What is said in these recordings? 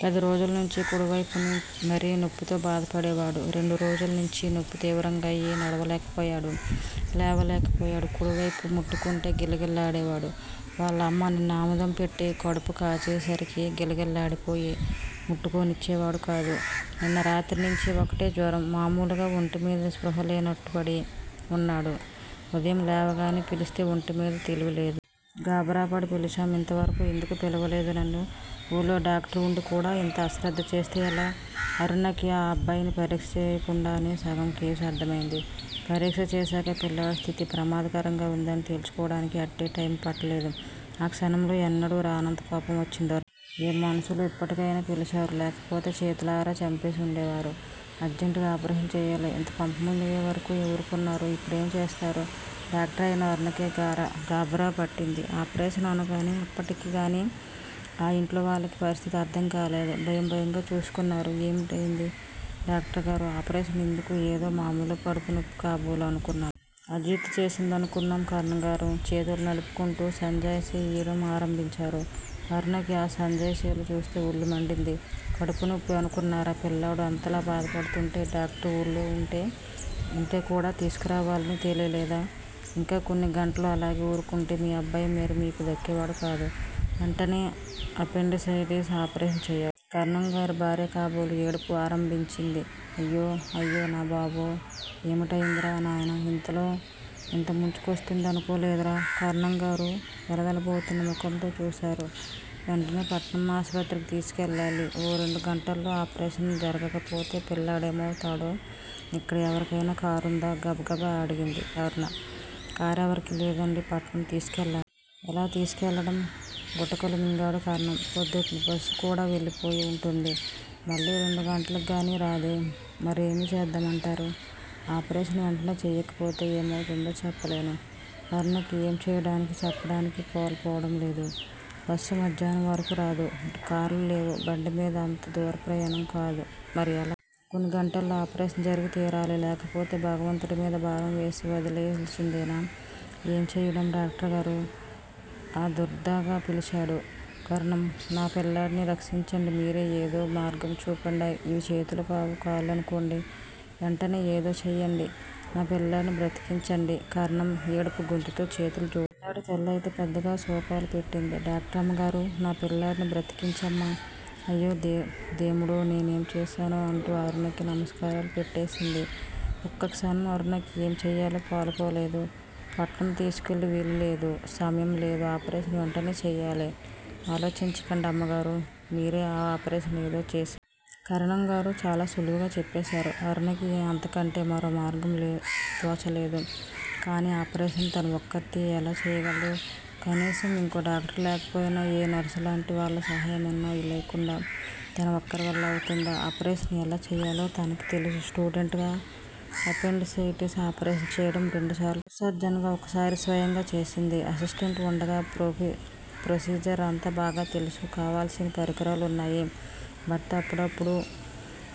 పదిరోజులనించి కుడివైపు మరి నొప్పితో బాధపడేవాడు, రెండు రోజులనించి నొప్పి తీవ్రంగా అయినడవలేకపోయాడు. లేవలేకపోయాడు. కుడివైపు ముట్టుకుంటే గిలగిల లాడేవాడు. వాళ్ళమ్మ నిన్న ఆముదం పెట్టి కడుపుకాచేసరికి గిలగిలలాడిపోయి ముట్టుకోనిచ్చేవాడుకాదు. నిన్న రాత్రినించి ఒకటే జ్వరం మామూలుగా ఒంటిమీద స్పృహలేనట్టుపడి ఉన్నాడు. ఉదయంలేవగానే పిలిస్తే ఒంటిమీద తెలివిలేదు. గాబరాపడి పిలిచాం. ఇంతవరకు ఎందుకు పిలవలేదు నన్ను? ఊళ్ళో డాక్టరు ఉండి కూడా ఇంత అశ్రద్ద చేస్తే ఎలా? అరుణకి ఆ అబ్బాయిని పరీక్ష చేయకుండానే సగం కేసు అర్ధమయింది. పరీక్ష చేశాక పిల్లాడి స్థితి ప్రమాదకరంగా ఉందని తేల్చుకోవడానికి అట్టే టైముపట్టలేదు. ఆ క్షణంలో ఎన్నడూ రానంతకోపం వచ్చింది అరుణకి. ఏం మనుషులు. ఇప్పటికయినా పిలిచారు లేకపోతే చేతులారా చంపేసి ఉండేవారు. అర్జెంటుగా ఆపరేషన్ చేయాలి. ఇంతకొంపమునిగే వరకు ఊరుకున్నారు. ఇప్పుడేం చేస్తారు? డాక్టరయినా అరుణకే గాభరాపట్టింది. ఆపరేషన్ అనగానే అప్పటికిగాని ఆ ఇంట్లోవాళ్ళకి పరిస్థితి అర్ధంకాలేదు. భయంభయంగా చూసుకున్నారు. ఏమిటయింది డాక్టరుగారూ? ఆపరేషన్ ఎందుకు? ఏదో మామూలుకడుపునొప్పి కాబోలు అనుకున్న అజీర్తిచేసిందనుకున్నాం కరణంగారు చేతులునలుపుకుంటూ సంజాయిషీ ఈయడం ఆరంభించారు. అరుణకి ఆ సంజాయిషీలు చూస్తే ఒళ్ళు మండింది కడుపు నొప్పి అనుకున్నారా? పిల్లాడు అంతలాబాధపడుతుంటే డాక్టరు ఊళ్ళో ఉంటేకూడా తీసుకురావాలని తెలియలేదా? ఇంకా కొన్ని గంటలు అలాగే ఊరుకుంటే మీ అబ్బాయి మరిమీకు దక్కేవాడుకాదు. వెంటనే అపెండిసైటీస్ ఆపరేషన్ చేయాలి. కరణంగారి భార్య కాబోలు ఏడుపు ఆరంభించింది అయ్యో అయ్యో నా బాబో ఏమిటయిందిరా నాయనా ఇంతలో ఇంతముంచుకొస్తుందనుకోలేదురా కరణంగారు వెలవెలబోతున్న ముఖంతో చూశారు. వెంటనేపట్నం ఆస్పత్రికి తీసుకెళ్ళాలి. ఓ రెండు గంటల్లో ఆపరేషన్ జరగకపోతే పిల్లాడేమవుతాడో? ఇక్కడ ఎవరికైనా కారుందా? గబగబా అడిగింది అరుణ. కారెవరికీ లేదండీ పట్నంతీసుకెళ్ళా ఎలాతీసుకెళ్ళడం? గుటకలు మింగాడు కరణం. ప్రొద్దుటిబస్సుకూడా వెళ్ళిపోయి ఉంటుంది. మళ్ళీ రెండు గంటలకి గానీరాదే? మరేమీచేద్దామంటారు? ఆపరేషన్ వెంటనే చెయ్యకపోతే ఏమవుతుందో చెప్పలేను. అరుణకి ఏం చెయ్యడానికి చెప్పడానికి పాలుపోవడంలేదు. బస్సు మధ్యాహ్నం వరకు రాదు. కార్లు లేవు, బండిమీద అంత దూరంప్రయాణం కాదు. మరిఎలా? కొన్ని గంటల్లో ఆపరేషన్ జరిగి తీరాలి లేకపోతే భగవంతుడిమీద భారం వేసి వదిలివేయవలసిందేనా? ఏం చెయ్యడం? డాక్టరుగారూ: ఆదుర్దాగా పిలిచాడు కరణం. నా పిల్లాడిని రక్షించండి మీరే ఏదో మార్గం చూడండి ఇవి చేతులు కావు. కాళ్ళనుకోండి వెంటనేఏదో చేయండి నాపిల్లాడిని బ్రతికించండి కరణం ఏడుపు గొంతుతో చేతులు జోడించాడు. పిల్లాడి తల్లిఅయితే పెద్దగా శోకాలు పెట్టింది. డాక్టరమ్మగారూ, నా పిల్లాడిని బ్రతికించండమ్మా అయ్యో దేముడోనేనేం చేస్తానో అంటూ అరుణకి నమస్కారాలు పెట్టేసింది. ఒక్కక్షణం అరుణకి ఏం చెయ్యాలో పాలు పోలేదు. పట్నంతీసుకెళ్ళే వీలులేదు. సమయం లేదు. ఆపరేషన్ వెంటనేచెయ్యాలి. ఆలోచించకండి అమ్మగారూ మీరే ఆ ఆపరేషన్ ఏదో చేసెయ్యండి. కరణంగారు చాలా సులువుగా చెప్పేశారు. అరుణకి అంతకంటే మరో మార్గంతోచలేదు కానీ ఆపరేషన్ తను ఒక్కర్తీ ఎలా చేయగలదు? కనీసం ఇంకో డాక్టరు లేకపోయినా ఏ నర్సులాంటి వాళ్ళసహాయమన్నా లేకుండా తన ఒక్కరివల్ల అవుతుందా? ఆపరేషన్ ఎలా చెయ్యాలో తనకి తెలుసు స్టూడెంట్ గా అపెండిసైటిస్ ఆపరేషన్ చేయడం రెండుసార్లు చూసింది. హౌస్ సర్జన్ గా ఒకసారి స్వయంగా చేసింది. అసిస్టెంట్ ఉండగా ప్రొసీజర్ అంతా బాగాతెలుసు కావాల్సిన పరికరాలు ఉన్నాయి. భర్త అప్పుడప్పుడు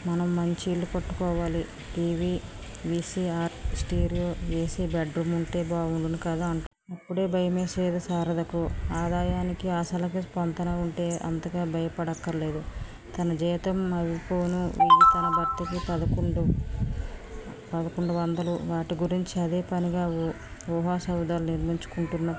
మనం మంచి ఇల్లు కట్టుకోవాలి T. V, V. C. R stereo A. C. Bedroom ఉంటే బావుండును కదా అంటుంటాడు. అప్పుడే భయమేసేది శారదకు. ఆదాయానికి, ఆశలకి పొంతన ఉంటే అంతగా భయపడక్కర్లేదు. తన జీతం అవిపోను వెయ్యి తన భర్తకి పదకొండు వందలు. వాటి గురించి అదే పనిగా ఊహా సౌధాలు నిర్మించుకుంటున్న తన